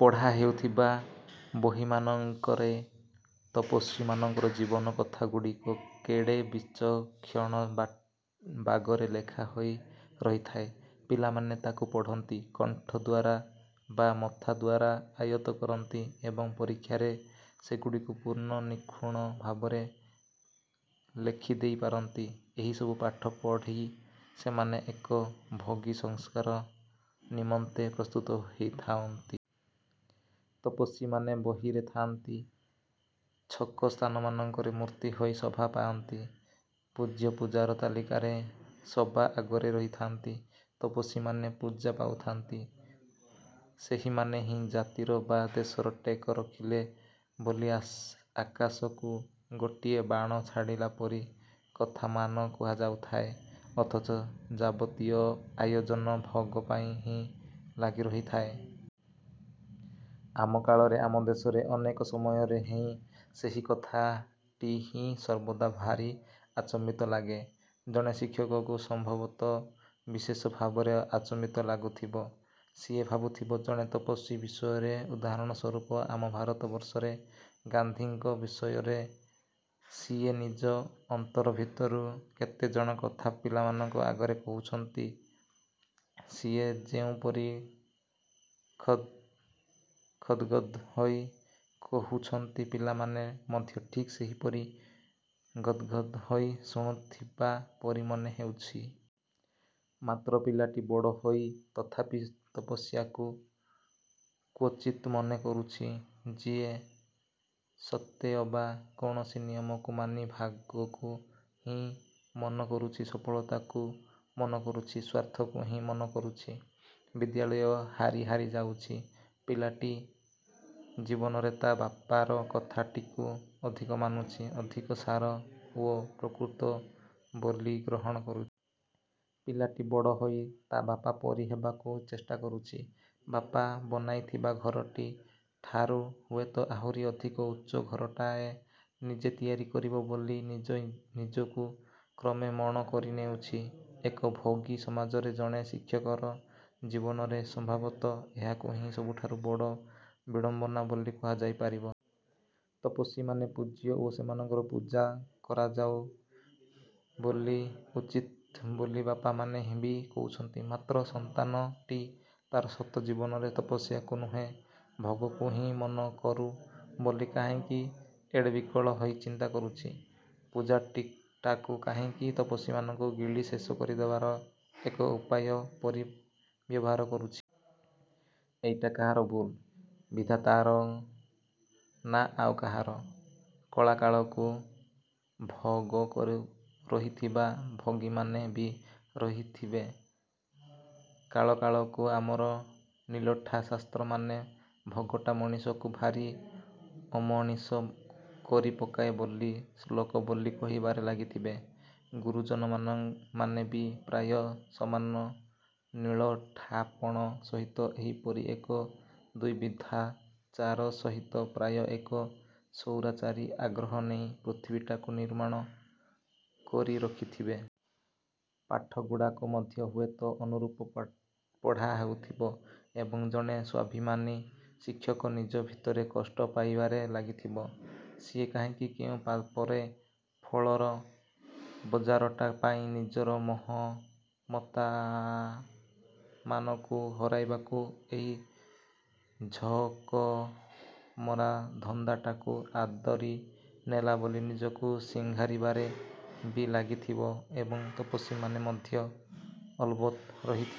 ପଢ଼ା ହେଉଥିବା ବହିମାନଙ୍କରେ ତପସ୍ୱୀମାନଙ୍କର ଜୀବନ କଥାଗୁଡ଼ିକ କେଡ଼େ ବିଚକ୍ଷଣ ବାଗରେ ଲେଖା ହୋଇ ରହିଥାଏ। ପିଲାମାନେ ତାକୁ ପଢ଼ନ୍ତି, କଣ୍ଠ ଦ୍ଵାରା ବା ମଥା ଦ୍ୱାରା ଆୟତ୍ତ କରନ୍ତି ଏବଂ ପରୀକ୍ଷାରେ ସେଗୁଡ଼ିକୁ ପୂର୍ଣ୍ଣ ନିଖୁଣ ଭାବରେ ଲେଖିଦେଇ ପାରନ୍ତି। ଏହିସବୁ ପାଠ ପଢ଼ି ସେମାନେ ଏକ ଭୋଗୀ ସଂସାର ନିମନ୍ତେ ପ୍ରସ୍ତୁତ ହେଉଥାନ୍ତି। ତପସ୍ୱୀମାନେ ବହିରେ ଥାଆନ୍ତି, ଛକ ସ୍ଥାନମାନଙ୍କରେ ମୂର୍ତ୍ତି ହୋଇ ଶୋଭା ପାଉଥାଆନ୍ତି, ପୂଜ୍ୟ ପୂଜାର ତାଲିକାରେ ସବା ଆଗ ରହିଥାନ୍ତି। ତପସ୍ୱୀମାନେ ପୂଜା ପାଉଥାଆନ୍ତି, ସେହିମାନେ ହିଁ ଜାତିର ବା ଦେଶର ଟେକ ରଖିଲେ ବୋଲି ଆକାଶକୁ ଗୋଟାଏ ବାଣ ଛାଡ଼ିଲା ପରି କଥାମାନ କୁହାଯାଉଥାଏ ଅଥଚ ଯାବତୀୟ ଆୟୋଜନ ଭୋଗ ପାଇଁ ହିଁ ଲାଗି ରହିଥାଏ। ଆମ କାଳରେ, ଆମ ଦେଶରେ ଅନେକ ସମୟରେ ସେହି କଥାଟି ହିଁ ସର୍ବଦା ଭାରି ଆଚମ୍ବିତ ଲାଗେ। ଜଣେ ଶିକ୍ଷକକୁ ସମ୍ଭବତଃ ବିଶେଷ ଭାବରେ ଆଚମ୍ବିତ ଲାଗୁଥିବ। ସିଏ ଭାବୁଥିବ ଜଣେ ତପସ୍ୱୀ ବିଷୟରେ ଉଦାହରଣ ସ୍ଵରୂପ ଆମ ଭାରତବର୍ଷରେ ଗାନ୍ଧୀଙ୍କ ବିଷୟରେ ସିଏ ନିଜ ଅନ୍ତର ଭିତରୁ କେତେ କଣ କଥା ପିଲାମାନଙ୍କ ଆଗରେ କହୁଛନ୍ତି, ସିଏ ଯେଉଁପରି ଗଦ୍ ଗଦ୍ ହୋଇ କହୁଛନ୍ତି ପିଲାମାନେ ମଧ୍ୟ ଠିକ୍ ସେହିପରି ଗଦ୍ ଗଦ୍ ହୋଇ ଶୁଣୁଥିବା ପରି ମନେ ହେଉଛି। ମାତ୍ର ପିଲାଟି ବଡ଼ ହୋଇ ତଥାପି ତପସ୍ୟାକୁ କ୍ଵଚିତ ମନ କରୁଛି, ଯିଏ ସତେଅବା କୌଣସି ନିୟମକୁ ମାନି ଭୋଗକୁ ହିଁ ମନ କରୁଛି, ସଫଳତାକୁ ମନ କରୁଛି, ସ୍ୱାର୍ଥକୁ ହିଁ ମନ କରୁଛି। ବିଦ୍ୟାଳୟ ହାରି ହାରି ଯାଉଛି, ପିଲାଟା ଜୀବନରେ ତା ବାପାର କଥାଟାକୁ ଅଧିକ ମାନୁଛି, ଅଧିକ ସାର ଓ ପ୍ରକୃତ ବୋଲି ଗ୍ରହଣ କରୁଛି। ପିଲାଟି ବଡ଼ ହୋଇ ତା ବାପା ପରି ହେବାକୁ ଚେଷ୍ଟା କରୁଛି। ବାପା ବନାଇଥିବା ଘରଟି ଠାରୁ ହୁଏତ ଆହୁରି ଅଧିକ ଉଚ୍ଚ ଘରଟାଏ ନିଜେ ତିଆରି କରିବ ବୋଲି ସିଏ ନିଜକୁ କ୍ରମେ ମଣ କରି ନେଉଛି। ଏକ ଭୋଗୀ ସମାଜରେ ଜଣେ ଶିକ୍ଷକର ଜୀବନରେ ସମ୍ଭବତଃ ଏହାକୁ ହିଁ ସବୁଠାରୁ ବଡ଼ ବିଡ଼ମ୍ବନା ବୋଲି କୁହାଯାଇ ପାରିବ। ତପସ୍ୱୀମାନେ ପୂଜ୍ୟ ଓ ସେମାନଙ୍କର ପୂଜା କରାଯିବା ଉଚିତ ବୋଲି ବାପାମାନେ ବି କହୁଛନ୍ତି। ମାତ୍ର ସନ୍ତାନଟି ତାର ସତ ଜୀବନରେ ତପସ୍ୟାକୁ ନୁହେଁ, ଭୋଗକୁ ହିଁ ମନକରୁ ବୋଲି କାହିଁକି କେଡ଼େ ବିକଳ ହୋଇ ଚିନ୍ତା କରୁଛି? ପୂଜାଟାକୁ କାହିଁକି ତପସ୍ୱୀମାନଙ୍କୁ ଗିଳି ଶେଷ କରିଦେବାର ଏକ ଉପାୟ ପରି ବ୍ୟବହାର କରୁଛି? ଏଇଟା କାହାର ଭୁଲ, ବିଧାତାଙ୍କର ନା ଆଉ କାହାର? କାଳକାଳକୁ ଭୋଗ ରହିଥିବ, ଭୋଗୀମାନେ ବି ରହିଥିବେ। କାଳକାଳକୁ ଆମର ନିଲଠା ଶାସ୍ତ୍ରମାନେ ଭୋଗଟା ମଣିଷକୁ ଭାରି ଅମଣିଷ କରିପକାଏ ବୋଲି ଶ୍ଳୋକ ବୋଲି କହିବାରେ ଲାଗିଥିବେ। ଗୁରୁଜନମାନେ ବି ପ୍ରାୟ ସମାନ ନିଲଠାପଣ ସହିତ ଏହିପରି ଏକ ଦ୍ୱିବିଧାଚାର ସହିତ ପ୍ରାୟ ଏକ ସ୍ୱୈରାଚାରୀ ଆଗ୍ରହ ନେଇ ପୃଥିବୀଟାକୁ ନିର୍ମାଣ କରି ରଖିଥିବେ। ପାଠଗୁଡ଼ାକ ମଧ୍ୟ ହୁଏତ ଅନୁରୂପ ପଢ଼ା ହେଉଥିବ ଏବଂ ଜଣେ ସ୍ଵାଭିମାନୀ ଶିକ୍ଷକ ନିଜ ଭିତରେ କଷ୍ଟ ପାଇବାରେ ଲାଗିଥିବ। ସିଏ କାହିଁକି କେଉଁ ପାପର ଫଳରେ ବଜାରଟା ପାଇଁ ନିଜର ମହତମାନଙ୍କୁ ହରାଇବାକୁ ଏହି ଝଅକମରା ଧନ୍ଦାଟାକୁ ଆଦରି ନେଲା ବୋଲି ନିଜକୁ ଝିଙ୍ଗାସିବାରେ ବି ଲାଗିଥିବ ଏବଂ ତପସ୍ୱୀମାନେ ମଧ୍ୟ ଅଲବତ ରହିଥିବେ।